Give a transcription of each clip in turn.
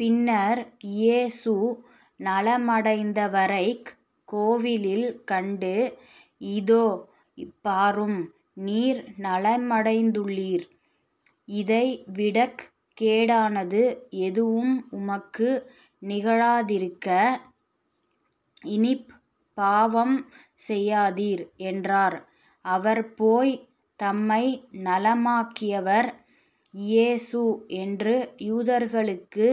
பின்னர் இயேசு நலமடைந்தவரைக் கோவிலில் கண்டு இதோ பாரும் நீர் நலமடைந்துள்ளீர் இதை விடக் கேடானது எதுவும் உமக்கு நிகழாதிருக்க இனிப் பாவம் செய்யாதீர் என்றார். அவர் போய் தம்மை நலமாக்கியவர் இயேசு என்று யூதர்களுக்கு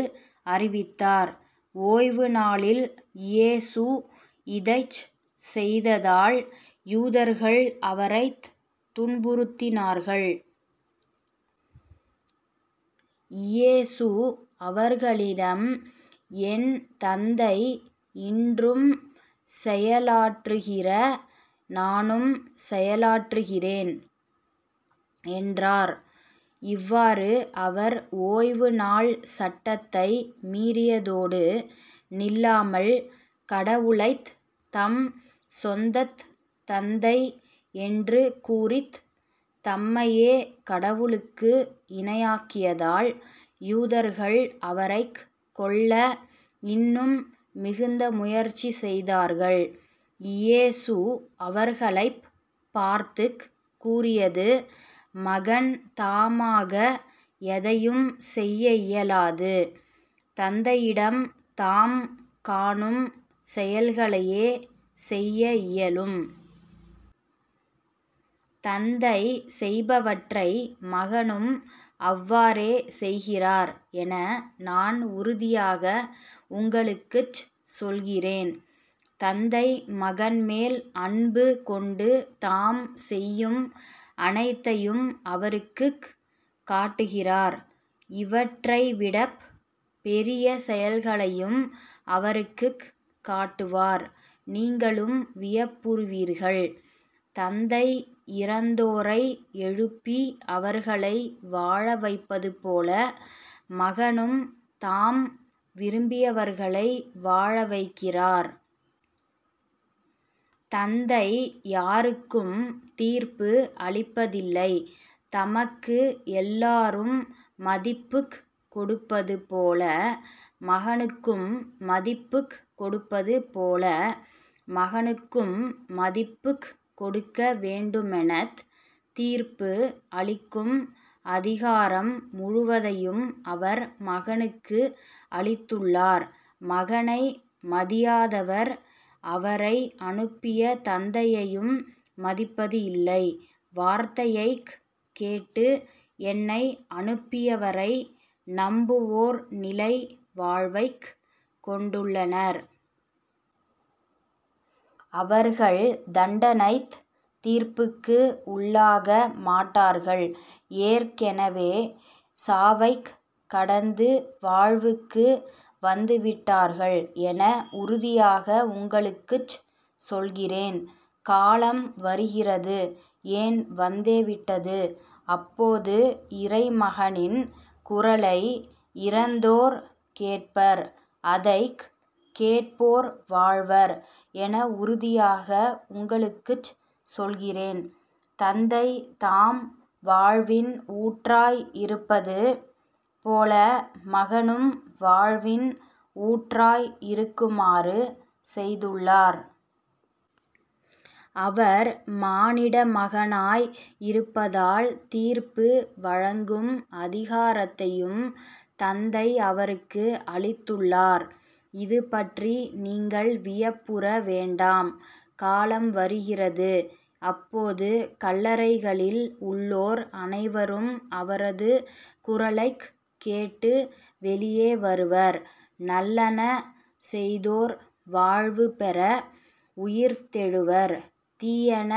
அறிவித்தார். ஓய்வுநாளில் இயேசு இதைச் செய்ததால் யூதர்கள் அவரைத் துன்புறுத்தினார்கள். இயேசு அவர்களிடம் என் தந்தை இன்றும் செயலாற்றுகிற நானும் செயலாற்றுகிறேன் என்றார். இவ்வாறு அவர் ஓய்வு நாள் சட்டத்தை மீறியதோடு நில்லாமல் கடவுளைத் தம் சொந்தத் தந்தை என்று கூறித் தம்மையே கடவுளுக்கு இணையாக்கியதால் யூதர்கள் அவரைக் கொல்ல இன்னும் மிகுந்த முயற்சி செய்தார்கள். இயேசு அவர்களைப் பார்த்துக் கூறியது மகன் தாமாக எதையும் செய்ய இயலாது தந்தையிடம் தாம் காணும் செயல்களையே செய்ய இயலும். தந்தை செய்பவற்றை மகனும் அவ்வாறே செய்கிறார் என நான் உறுதியாக உங்களுக்குச் சொல்கிறேன். தந்தை மகன் மேல் அன்பு கொண்டு தாம் செய்யும் அனைத்தையும் அவருக்குக் காட்டுகிறார் இவற்றைவிடப் பெரிய செயல்களையும் அவருக்குக் காட்டுவார். நீங்களும் வியப்புறுவீர்கள். தந்தை இறந்தோரை எழுப்பி அவர்களை வாழ வைப்பதுபோல மகனும் தாம் விரும்பியவர்களை வாழவைக்கிறார். தந்தை யாருக்கும் தீர்ப்பு அளிப்பதில்லை. தமக்கு எல்லாரும் மதிப்புக் கொடுப்பதுபோல மகனுக்கும் மதிப்புக்கொடுப்பதுபோல மகனுக்கும் மதிப்புக்கொடுக்க வேண்டுமெனத் தீர்ப்பு அளிக்கும் அதிகாரம் முழுவதையும் அவர் மகனுக்கு அளித்துள்ளார். மகனை மதியாதவர் அவரை அனுப்பிய தந்தையையும் மதிப்பது இல்லை. வார்த்தையைக் கேட்டு என்னை அனுப்பியவரை நம்புவோர் நிலை வாழ்வைக் கொண்டுள்ளனர். அவர்கள் தண்டனைத் தீர்ப்புக்கு உள்ளாக மாட்டார்கள் ஏற்கெனவே சாவைக் கடந்து வாழ்வுக்கு வந்துவிட்டார்கள் என உறுதியாக உங்களுக்குச் சொல்கிறேன். காலம் வருகிறது ஏன் வந்தே விட்டது. அப்போது இறைமகனின் குரலை இறந்தோர் கேட்பர் அதைக் கேட்போர் வாழ்வர் என உறுதியாக உங்களுக்குச் சொல்கிறேன். தந்தை தாம் வாழ்வின் ஊற்றாய் இருப்பது போல மகனும் வாழ்வின் ஊற்றாய் இருக்குமாறு செய்துள்ளார். அவர் மானிடமகனாய் இருப்பதால் தீர்ப்பு வழங்கும் அதிகாரத்தையும் தந்தை அவருக்கு அளித்துள்ளார். இது பற்றி நீங்கள் வியப்புற வேண்டாம். காலம் வருகிறது அப்போது கல்லறைகளில் உள்ளோர் அனைவரும் அவரது குரலைக் கேட்டு வெளியே வருவர். நல்லன செய்தோர் வாழ்வு பெற உயிர்த்தெழுவர் தீயன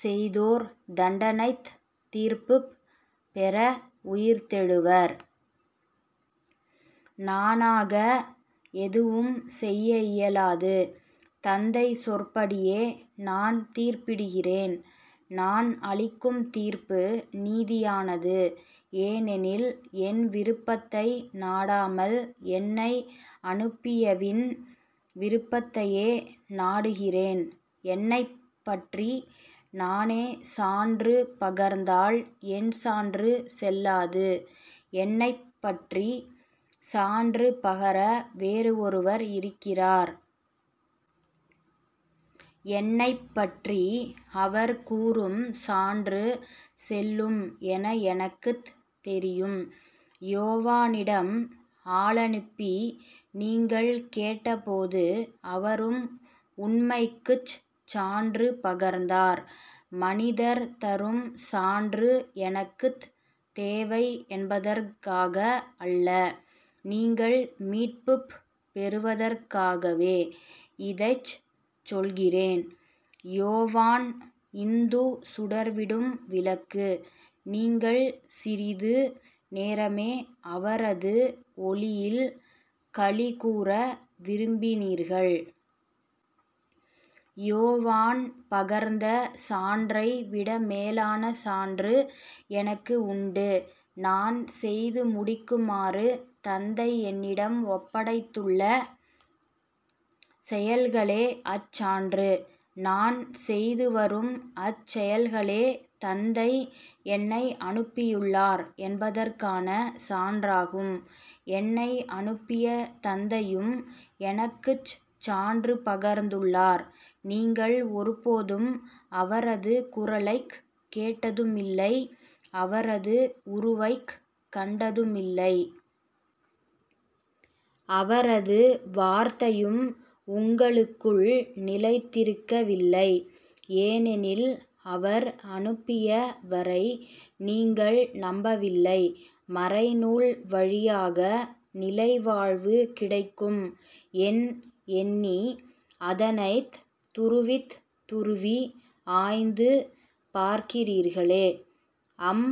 செய்தோர் தண்டனைத் தீர்ப்புப் பெற உயிர்த்தெழுவர். நானாக எதுவும் செய்ய இயலாது. தந்தை சொற்படியே நான் தீர்ப்பிடுகிறேன். நான் அளிக்கும் தீர்ப்பு நீதியானது. ஏனெனில் என் விருப்பத்தை நாடாமல் என்னை அனுப்பியவின் விருப்பத்தையே நாடுகிறேன். என்னைப்பற்றி நானே சான்று பகர்ந்தால் என் சான்று செல்லாது. என்னைப்பற்றி சான்று பகர வேறு ஒருவர் இருக்கிறார். என்னைப்பற்றி அவர் கூறும் சான்று செல்லும் என எனக்குத் தெரியும். யோவானிடம் ஆளனுப்பி நீங்கள் கேட்டபோது அவரும் உண்மைக்குச் சான்று பகர்ந்தார். மனிதர் தரும் சான்று எனக்குத் தேவை என்பதற்காக அல்ல நீங்கள் மீட்புப் பெறுவதற்காகவே இதைச் சொல்கிறேன். யோவான் இந்து சுடர்விடும் விளக்கு. நீங்கள் சிறிது நேரமே அவரது ஒளியில் களிகூர விரும்பினீர்கள். யோவான் பகர்ந்த சான்றை விட மேலான சான்று எனக்கு உண்டு. நான் செய்து முடிக்குமாறு தந்தை என்னிடம் ஒப்படைத்துள்ள செயல்களே அச்சான்று. நான் செய்துவரும் அச்செயல்களே தந்தை என்னை அனுப்பியுள்ளார் என்பதற்கான சான்றாகும். என்னை அனுப்பிய தந்தையும் எனக்குச் சான்று பகர்ந்துள்ளார். நீங்கள் ஒருபோதும் அவரது குரலைக் கேட்டதுமில்லை அவரது உருவைக் கண்டதுமில்லை. அவரது வார்த்தையும் உங்களுக்குள் நிலைத்திருக்கவில்லை ஏனெனில் அவர் அனுப்பிய வரை நீங்கள் நம்பவில்லை மறைநூல் வழியாக நிலைவாழ்வு கிடைக்கும் என் எண்ணி அதனைத் துருவித் துருவி ஆய்ந்து பார்க்கிறீர்களே. அம்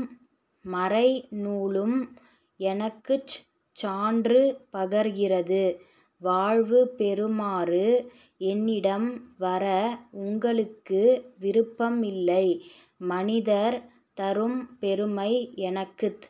மறைநூலும் எனக்குச் சான்று பகர்கிறது. வாழ்வு பெறுமாறு என்னிடம் வர உங்களுக்கு விருப்பம் இல்லை. மனிதர் தரும் பெருமை எனக்குத்